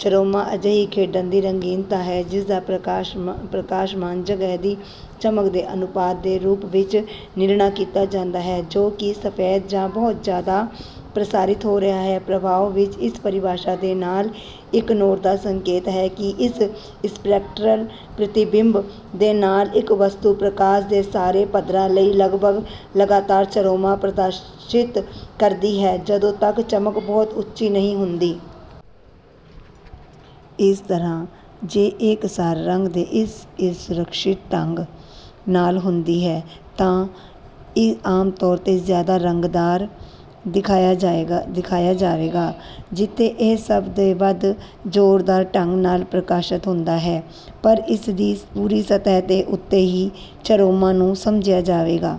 Chroma ਅਜਿਹੀ ਖੇਤਰ ਦੀ ਰੰਗੀਨਤਾ ਹੈ ਜਿਸਦਾ ਪ੍ਰਕਾਸ਼ਮਾਨ ਜਗਹ ਦੀ ਚਮਕ ਦੇ ਅਨੁਪਾਤ ਦੇ ਰੂਪ ਵਿੱਚ ਨਿਰਣਾ ਕੀਤਾ ਜਾਂਦਾ ਹੈ ਜੋ ਕਿ ਸਫੈਦ ਜਾਂ ਬਹੁਤ ਜ਼ਿਆਦਾ ਪ੍ਰਸਾਰਿਤ ਹੋ ਰਿਹਾ ਹੈ। ਪ੍ਰਭਾਵ ਵਿੱਚ ਇਸ ਪਰਿਭਾਸ਼ਾ ਦੇ ਨਾਲ ਇੱਕ ਨੋਟ ਦਾ ਸੰਕੇਤ ਹੈ ਕਿ ਇੱਕ ਸਪ੍ਰੈਕਟਲ ਪ੍ਰਤੀਬਿੰਬ ਦੇ ਨਾਲ ਇੱਕ ਵਸਤੂ ਪ੍ਰਕਾਸ਼ ਦੇ ਸਾਰੇ ਪੱਧਰਾਂ ਲਈ ਲਗਭਗ ਲਗਾਤਾਰ ਚਰੋਮਾ ਪ੍ਰਦਰਸ਼ਿਤ ਕਰਦੀ ਹੈ ਜਦੋਂ ਤੱਕ ਚਮਕ ਬਹੁਤ ਉੱਚੀ ਨਹੀਂ ਹੁੰਦੀ। ਇਸ ਤਰ੍ਹਾਂ ਜੇ ਇਕਸਾਰ ਰੰਗ ਦੇ ਇੱਕ ਅਸੁਰੱਖਿਅਤ ਢੰਗ ਨਾਲ ਬੁਝ ਗਈ ਹੈ ਤਾਂ ਇਹ ਆਮ ਤੌਰ ਤੇ ਜ਼ਿਆਦਾ ਰੰਗਦਾਰਤਾ ਦਿਖਾਏਗਾ ਜਿਥੇ ਇਹ ਸਭ ਤੋਂ ਵੱਧ ਜ਼ੋਰਦਾਰ ਢੰਗ ਨਾਲ ਪ੍ਰਕਾਸ਼ਤ ਹੁੰਦਾ ਹੈ ਪਰ ਇਸਦੀ ਪੂਰੀ ਸਤਿਹ ਤੇ ਉਸੇ ਹੀ ਚਰੋਮਾ ਨੂੰ ਸਮਝਿਆ ਜਾਵੇਗਾ।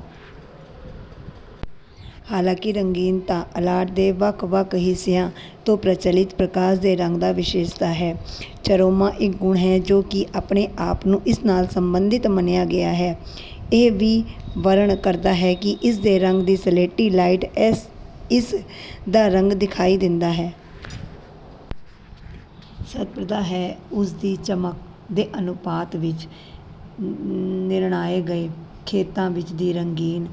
ਹਾਲਾਂਕਿ ਰੰਗੀਨਤਾ ਅਲਾਟ ਦੇ ਵੱਖ ਵੱਖ ਹਿੱਸਿਆਂ ਤੋਂ ਪ੍ਰਚੱਲਿਤ ਪ੍ਰਕਾਸ਼ ਦੇ ਰੰਗ ਦਾ ਵਿਸ਼ੇਸ਼ਤਾ ਹੈ ਚਰੋਮਾ ਇੱਕ ਗੁਣ ਹੈ ਜੋ ਕਿ ਆਪਣੇ ਆਪ ਨੂੰ ਇੱਕ ਨਾਲ ਸਬੰਧਤ ਮੰਨਿਆ ਗਿਆ ਹੈ ਅਤੇ ਇਹ ਵੀ ਵਰਨ ਕਰਦਾ ਹੈ ਕਿ ਇਸਦੇ ਰੰਗ ਦੇ ਸਲੇਟੀ ਲਾਈਟ ਇਨ ਐਸੇ ਇੱਕ ਦਾ ਰੰਗ ਦਿਖਾਈ ਦਿੰਦਾ ਹੈ। ਸਤ੍ਰਿਪਤਾ ਹੈ ਉਸ ਦੀ ਚਮਕ ਦੇ ਅਨੁਪਾਤ ਵਿੱਚ ਨਿਰਣਾਏ ਗਏ ਖੇਤਰ ਦੀ ਰੰਗੀਨ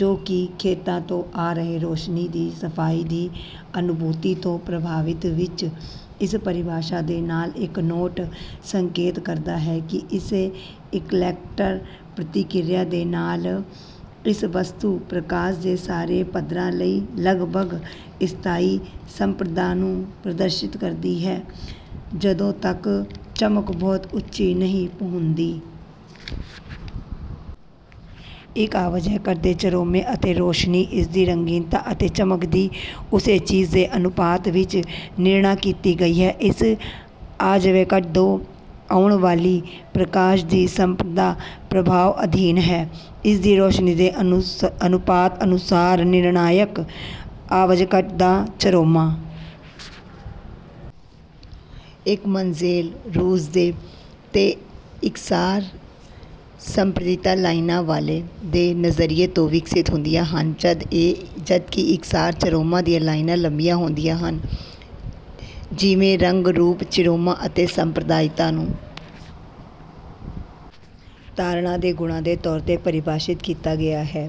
ਜੋ ਕਿ ਖੇਤਰ ਤੋਂ ਆ ਰਹੇ ਰੌਸ਼ਨੀ ਦੀ ਸਫਾਈ ਦੀ ਅਨੁਭੂਤੀ ਤੋਂ ਪ੍ਰਭਾਵਤ ਹੈ। ਪ੍ਰਭਾਵ ਵਿੱਚ ਇਸ ਪਰਿਭਾਸ਼ਾ ਦੇ ਨਾਲ ਇੱਕ ਨੋਟ ਸੰਕੇਤ ਕਰਦਾ ਹੈ ਕਿ ਇੱਕ ਸਪ੍ਰੈਕਲਰ ਪ੍ਰਤੀਕਿਰਿਆ ਦੇ ਨਾਲ ਇੱਕ ਵਸਤੂ ਪ੍ਰਕਾਸ਼ ਦੇ ਸਾਰੇ ਪੱਧਰਾਂ ਲਈ ਲਗਭਗ ਸਥਾਈ ਸੰਤ੍ਰਿਪਤਾ ਨੂੰ ਪ੍ਰਦਰਸ਼ਿਤ ਕਰਦੀ ਹੈ ਜਦੋਂ ਤੱਕ ਚਮਕ ਬਹੁਤ ਉੱਚੀ ਨਹੀਂ ਹੁੰਦੀ। ਇੱਕ ਆਬਜੈਕਟ ਦੇ ਚਰੋਮਾ ਅਤੇ ਰੋਸ਼ਨੀ ਇਸਦੀ ਰੰਗੀਨਤਾ ਅਤੇ ਚਮਕ ਦੀ ਉਸੇ ਚੀਜ਼ ਦੇ ਅਨੁਪਾਤ ਵਿੱਚ ਨਿਰਣਾ ਕੀਤੀ ਗਈ ਹੈ ਉਸ ਆਬਜੈਕਟ ਤੋਂ ਆਉਣ ਵਾਲੀ ਪ੍ਰਕਾਸ਼ ਦੀ ਸੰਤ੍ਰਿਪਤਾ ਪ੍ਰਭਾਵ ਅਧੀਨ ਹੈ ਇਸਦੀ ਰੌਸ਼ਨੀ ਦੇ ਅਨੁਪਾਤ ਅਨੁਸਾਰ ਨਿਰਣਾਇਕ ਆਬਜੈਕਟ ਦਾ ਚਰੋਮਾ। ਇੱਕ ਮਨਸੇਲ ਹੂਜ਼ ਪੇਜ ਤੇ ਇਕਸਾਰ ਸੰਤ੍ਰਿਪਤਾ ਦੀਆਂ ਲਾਈਨਾਂ ਕਾਲੇ ਪੁਆਇੰਟ ਦੇ ਨਜ਼ਰੀਏ ਤੋਂ ਵਿਕਸਤ ਹੁੰਦੀਆਂ ਹਨ ਜਦ ਕਿ ਇਕਸਾਰ ਚਰੋਮਾ ਦੀਆਂ ਲਾਈਨਾਂ ਲੰਬੀਆਂ ਹੁੰਦੀਆਂ ਹਨ। ਜਿਵੇਂ ਰੰਗ ਰੂਪ ਚਰੋਮਾ ਅਤੇ ਸੰਤ੍ਰਿਪਤਾ ਨੂੰ ਧਾਰਨਾ ਦੇ ਗੁਣਾਂ ਦੇ ਤੌਰ ਤੇ ਪ੍ਰਭਾਸ਼ਿਤ ਕੀਤਾ ਗਿਆ ਹੈ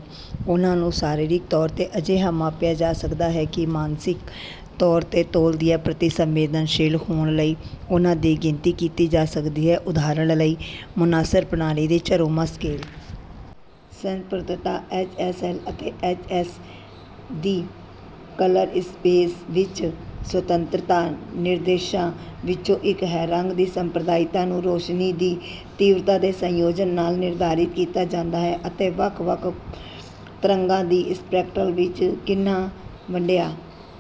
ਉਨ੍ਹਾਂ ਨੂੰ ਸਰੀਰਕ ਤੌਰ ਤੇ ਅਜਿਹੇ ਮਾਪਿਆ ਨਹੀਂ ਜਾ ਸਕਦਾ ਪਰ ਮਾਨਸਿਕ ਤੋਲ ਦੇ ਪ੍ਰਤੀ ਸੰਵੇਦਨਾਸ਼ੀਲ ਹੋਣ ਲਈ ਇਹਨਾਂ ਦੀ ਗਿਣਤੀ ਕੀਤੀ ਜਾ ਸਕਦੀ ਹੈ ਉਦਾਹਰਨ ਲਈ ਮੁਨਸਲ ਪ੍ਰਣਾਲੀ ਦੇ ਚਰੋਮਾ ਸਕੇਲ। ਸੰਤ੍ਰਿਪਤਾ ਐਚਐਸਐਲ ਅਤੇ H S V colour space ਵਿੱਚ ਸਤੰਨਤਾ ਤਿੰਨ ਨਿਰਦੇਸ਼ਾਂ ਵਿੱਚੋਂ ਇੱਕ ਹੈ। ਰੰਗ ਦੀ ਸੰਤ੍ਰਿਪਤਾ ਨੂੰ ਰੌਸ਼ਨੀ ਦੀ ਤੀਬਰਤਾ ਦੇ ਸੰਯੋਜਨ ਨਾਲ ਨਿਰਧਾਰਤ ਕੀਤਾ ਜਾਂਦਾ ਹੈ ਅਤੇ ਵੱਖ ਵੱਖ ਤਰੰਗਾਂ ਦੀ ਸਪੈਕਟ੍ਰਮ ਵਿੱਚ ਕਿੰਨਾ ਵੰਡਿਆ